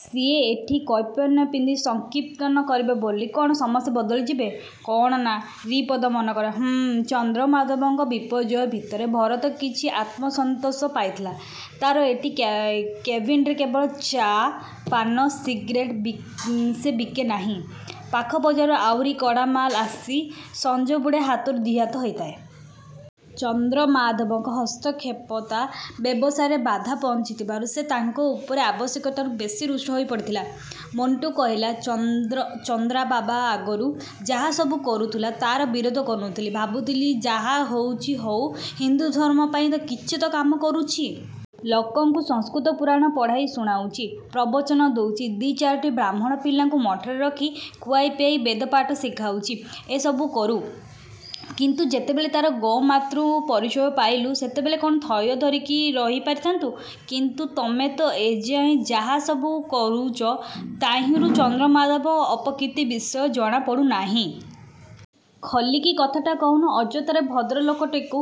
"ସିଏ ଏଠି କୌପୀନ ପିନ୍ଧି ସଂକୀର୍ତ୍ତନ କରିବ ବୋଲି କ'ଣ ସମସ୍ତେ ବଳଦ ହୋଇଯିବେ? କ'ଣ ନା, ରିପୁଦମନ କର। ହୁଃ..." ଚନ୍ଦ୍ରମାଧବଙ୍କ ବିପର୍ଯ୍ୟୟ ଭିତରେ ଭରତ କିଛିଟା ଆତ୍ମସନ୍ତୋଷ ପାଇଥିଲା। ତା'ର ଏଇ କ୍ୟାବିନରେ କେବଳ ଚା', ପାନ କି ସିଗ୍ରେଟ୍ ସେ ବିକେ ନାହିଁ, ପାଖ ବଜାରରୁ ଆହୁରି କଡ଼ା ମାଲ୍ ଆସି ସଞ୍ଜବୁଡ଼େ ହାତରୁ ଦି' ହାତ ହୋଇଥାଏ। ଚନ୍ଦ୍ରମାଧବଙ୍କ ହସ୍ତକ୍ଷେପ ତା' ବ୍ୟବସାୟରେ ବାଧା ପହଞ୍ଚାଉଥିବାରୁ ସେ ତାଙ୍କ ଉପରେ ଆବଶ୍ୟକଠୁ ବେଶି ରୁଷ୍ଟ ହୋଇ ପଡ଼ିଥିଲା। ମଣ୍ଟୁ କହିଲା, "ଚନ୍ଦରା ବାବା ଆଗରୁ ଯାହା ସବୁ କରୁଥିଲା ଆମେ ତା'ର ବିରୋଧ କରୁନଥିଲୁ। ଭାବୁଥିଲୁ, ଯାହା ହେଉଛି ହେଉ, ହିନ୍ଦୁ ଧର୍ମ ପାଇଁ ତ କିଛି କାମ କରୁଛି! ଲୋକଙ୍କୁ ସଂସ୍କୃତ ପୁରାଣ ପଢ଼ି ଶୁଣାଉଛି, ପ୍ରବଚନ ଦେଉଛି। ଦି' ଚାରିଟି ବ୍ରାହ୍ମଣ ପିଲାଙ୍କୁ ମଠରେ ରଖି ଖୁଆଇ ପିଆଇ ବେଦପାଠ ବି ଶିଖାଉଛି, ଏସବୁ କରୁ। କିନ୍ତୁ ଯେତେବେଳେ ତା'ର ଗୋତ୍ରମାରୁ ପରିଚୟ ପାଇଲୁ, ସେତେବେଳେ କ'ଣ ଥୟ ଧରି ରହି ପାରିଥାଆନ୍ତୁ!" "କିନ୍ତୁ ତମେ ତ ଏଯାଏଁ ଯାହା ସବୁ କହୁଛ ତହିଁରୁ ଚନ୍ଦ୍ରମାଧବଙ୍କ ଅପକୀର୍ତ୍ତି ବିଷୟ ଜଣା ପଡ଼ୁନାହିଁ। ଖୋଲିକି କଥାଟା କହୁନ, ଅଯଥାରେ ଭଦ୍ରଲୋକଟାକୁ"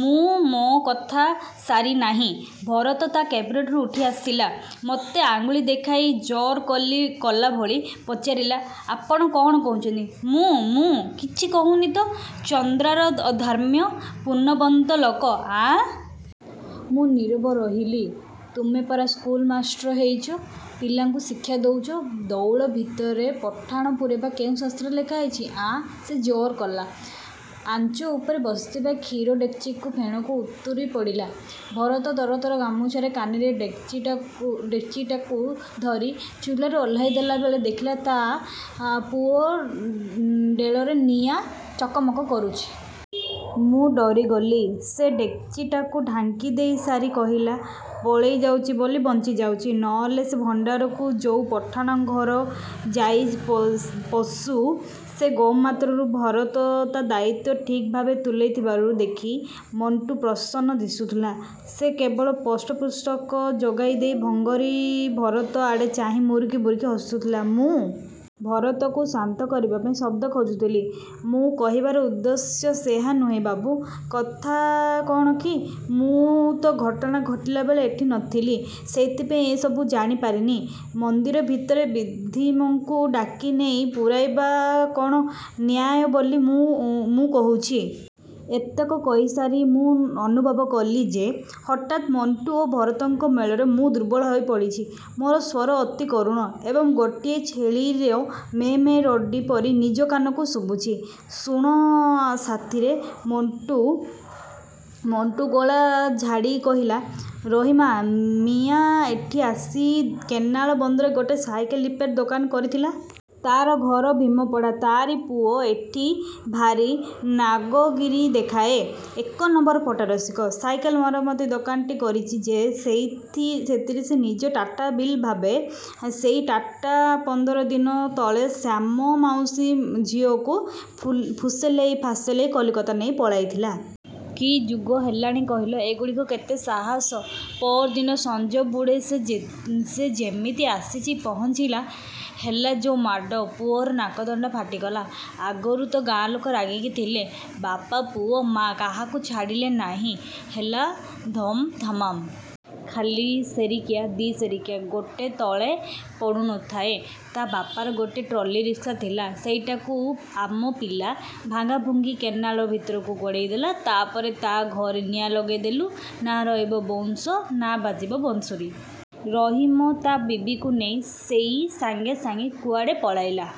ମୁଁ ମୋ କଥା ସାରିନାହିଁ, ଭରତ ତା' କ୍ୟାବିନ୍‌ରୁ ଉଠି ଆସିଲା। ମୋତେ ଆଙ୍ଗୁଳି ଦେଖେଇ ଜେରା କଲା ଭଳି ପଚାରିଲା, "ଆପଣ କ'ଣ କହୁଛନ୍ତି?" "ମୁଁ... ମୁଁ କିଛି କହୁନାହିଁ ତ...""ଚନ୍ଦରା ଧର୍ମାତ୍ମା? ପୁଣ୍ୟବନ୍ତ ଲୋକ? ଆଁ!" ମୁଁ ନୀରବ ରହିଲି.। "ତମେ ପରା ସ୍କୁଲ ମାଷ୍ଟର ହୋଇଛ? ପିଲାଙ୍କୁ ଶିକ୍ଷା ଦେଉଛ! ଦେଉଳ ଭିତରେ ପଠାଣ ପୂରେଇବା କେଉଁ ଶାସ୍ତ୍ରରେ ଲେଖା ହୋଇଛି, ଆଁ?" ସେ ଜେରା କଲା। ଆଞ୍ଚ ଉପରେ ବସିଥିବା କ୍ଷୀର ଡେକ୍‌ଚିରୁ ଫେଣତକ ଉତୁରି ପଡ଼ିଲା। ଭରତ ତରତରରେ ଗାମୁଛା କାନିରେ ଡେକ୍‌ଚିଟାକୁ ଧରି ଚୁଲାରୁ ଓହ୍ଲେଇ ଦେଲା ବେଳେ ଦେଖିଲି ତା' ପୁଅଡୋଳାରେ ନିଆଁ ଚକମକ କରୁଛି। ମୁଁ ଡରିଗଲି। ସେ ଡେକ୍‌ଚିଟାକୁ ଢାଙ୍କି ଦେଇସାରି କହିଲା, "ପଳେଇ ଯାଇଛି ବୋଲି ବଞ୍ଚିଯାଇଛି। ନହେଲେ ସେ ଭଣ୍ଡକୁ... ଯାଉ, ପଠାଣଙ୍କ ଘରେ ଯାଇ ପଶୁ ସେ ଗୋତ୍ରମାରୁ। "ଭରତ ତା' ଦାୟିତ୍ୱ ଠିକ୍ ଭାବେ ତୁଲାଉଥିବା ଦେଖି ମଣ୍ଟୁ ପ୍ରସନ୍ନ ଦିଶୁଥିଲା। ସେ କେବଳ ପୃଷ୍ଠପୋଷକତା ଯୋଗାଇ ଦେବା ଭଙ୍ଗୀରେ ଭରତ ଆଡ଼େ ଚାହିଁ ମୁରୁକି ମୁରୁକି ହସୁଥିଲା। ମୁଁ ଭରତକୁ ଶାନ୍ତ କରିବା ପାଇଁ ଶବ୍ଦ ଖୋଜୁଥିଲି। "ମୋ କହିବା ଉଦ୍ଦେଶ୍ୟ ସେଇଆ ନୁହେଁ ବାବୁ, କଥା କ'ଣ କି ମୁଁ ତ ଘଟଣା ଘଟିଲା ବେଳେ ଏଠି ନଥିଲି, ସେଇଥିପାଇଁ ଏସବୁ ଜାଣି ପାରିନି। ମନ୍ଦିର ଭିତରେ ବିଧର୍ମୀଙ୍କୁ ଡାକି ନେଇ ପୂରେଇବା କ'ଣ ନ୍ୟାୟ ବୋଲି ମୁଁ କହୁଛି?" ଏତକ କହିସାରି ମୁଁ ଅନୁଭବ କଲି ଯେ ହଠାତ୍ ମଣ୍ଟୁ ଓ ଭରତଙ୍କ ମେଳରେ ମୁଁ ଦୁର୍ବଳ ହୋଇ ପଡ଼ିଛି। ମୋର ସ୍ୱର ଅତି କରୁଣ ଏବଂ ଗୋଟେ ଛେଳିର ମେଁ ମେଁ ରଡ଼ି ପରି ନିଜ କାନକୁ ଶୁଭୁଛି। "ଶୁଣ ସାଆରେ," ମଣ୍ଟୁ ଗଳା ଝାଡ଼ି କହିଲା, "ରହିମ ମିଆଁ ଏଠି ଆସି କେନାଲ ବନ୍ଧରେ ଗୋଟେ ସାଇକେଲ୍ ରିପେୟାରିଂ ଦୋକାନ କରିଥିଲା। ତା' ଘର ଭୀମପଡ଼ା। ତା'ଆରି ପୁଅ ଏଠି ଗୋଟେ ଭାରି ନବାବଗିରି ଦେଖାଏ। ଏକ ନମ୍ବର ଫଟା ରସିକ। ସାଇକେଲ୍ ମରାମତି ଦୋକାନଟେ କରିଛି ଯେ ସେଇଥିରେ ନିଜକୁ ଟାଟା ବିର୍ଲା ଭାବେ। ସେଇ ଟୋକା ପନ୍ଦର ଦିନ ତଳେ ଶ୍ୟାମ ମଉସା ଝିଅକୁ ଫୁସୁଲେଇ ଫାସେଲେଇ କଲିକତା ନେଇ ପଳେଇଥିଲା। କି ଯୁଗ ହେଲାଣି କହିଲେ? ଏଗୁଡ଼ାକଙ୍କର କେତେ ସାହସ! ପଅରଦିନ ସଞ୍ଜବୁଡ଼େ ସେ ଯେମିତି ଆସି ପହଞ୍ଚିଲା, ହେଲା ଯେ ମାଡ଼, ପୁଅର ନାକଦଣ୍ଡା ଫାଟିଗଲା। ଆଗରୁ ତ ଗାଁ ଲୋକେ ରାଗିକି ଥିଲେ, ବାପା ପୁଅ ମା', କାହାକୁ ଛାଡ଼ିଲେ ନାହିଁ। ହେଲା ଧାମାଧମ୍। ଖାଲି ସେରିକିଆ, ଦି' ସେରିକିଆ, ଗୋଟେ ତ ତଳେ ପଡ଼ୁନଥାଏ। ତା' ବାପାର ଗୋଟେ ଟ୍ରଲି ରିକ୍ସା ଥିଲା, ସେଇଟାକୁ ଆମ ପିଲା ଭାଙ୍ଗିଭୁଙ୍ଗି କେନାଲ ଭିତରକୁ ଗଡ଼େଇ ଦେଲେ। ତା'ପରେ ତା' ଘରେ ନିଆଁ ଲଗେଇ ଦେଲୁ। ନା ରହିବ ବାଉଁଶ, ନା ବାଜିବ ବାଂଶୁରୀ! ରହିମ ତ ତା' ବିବିକୁ ନେଇ ସେଇ ସଞ୍ଜେ ସଞ୍ଜେ କୁଆଡ଼େ ପଳେଇଲା।"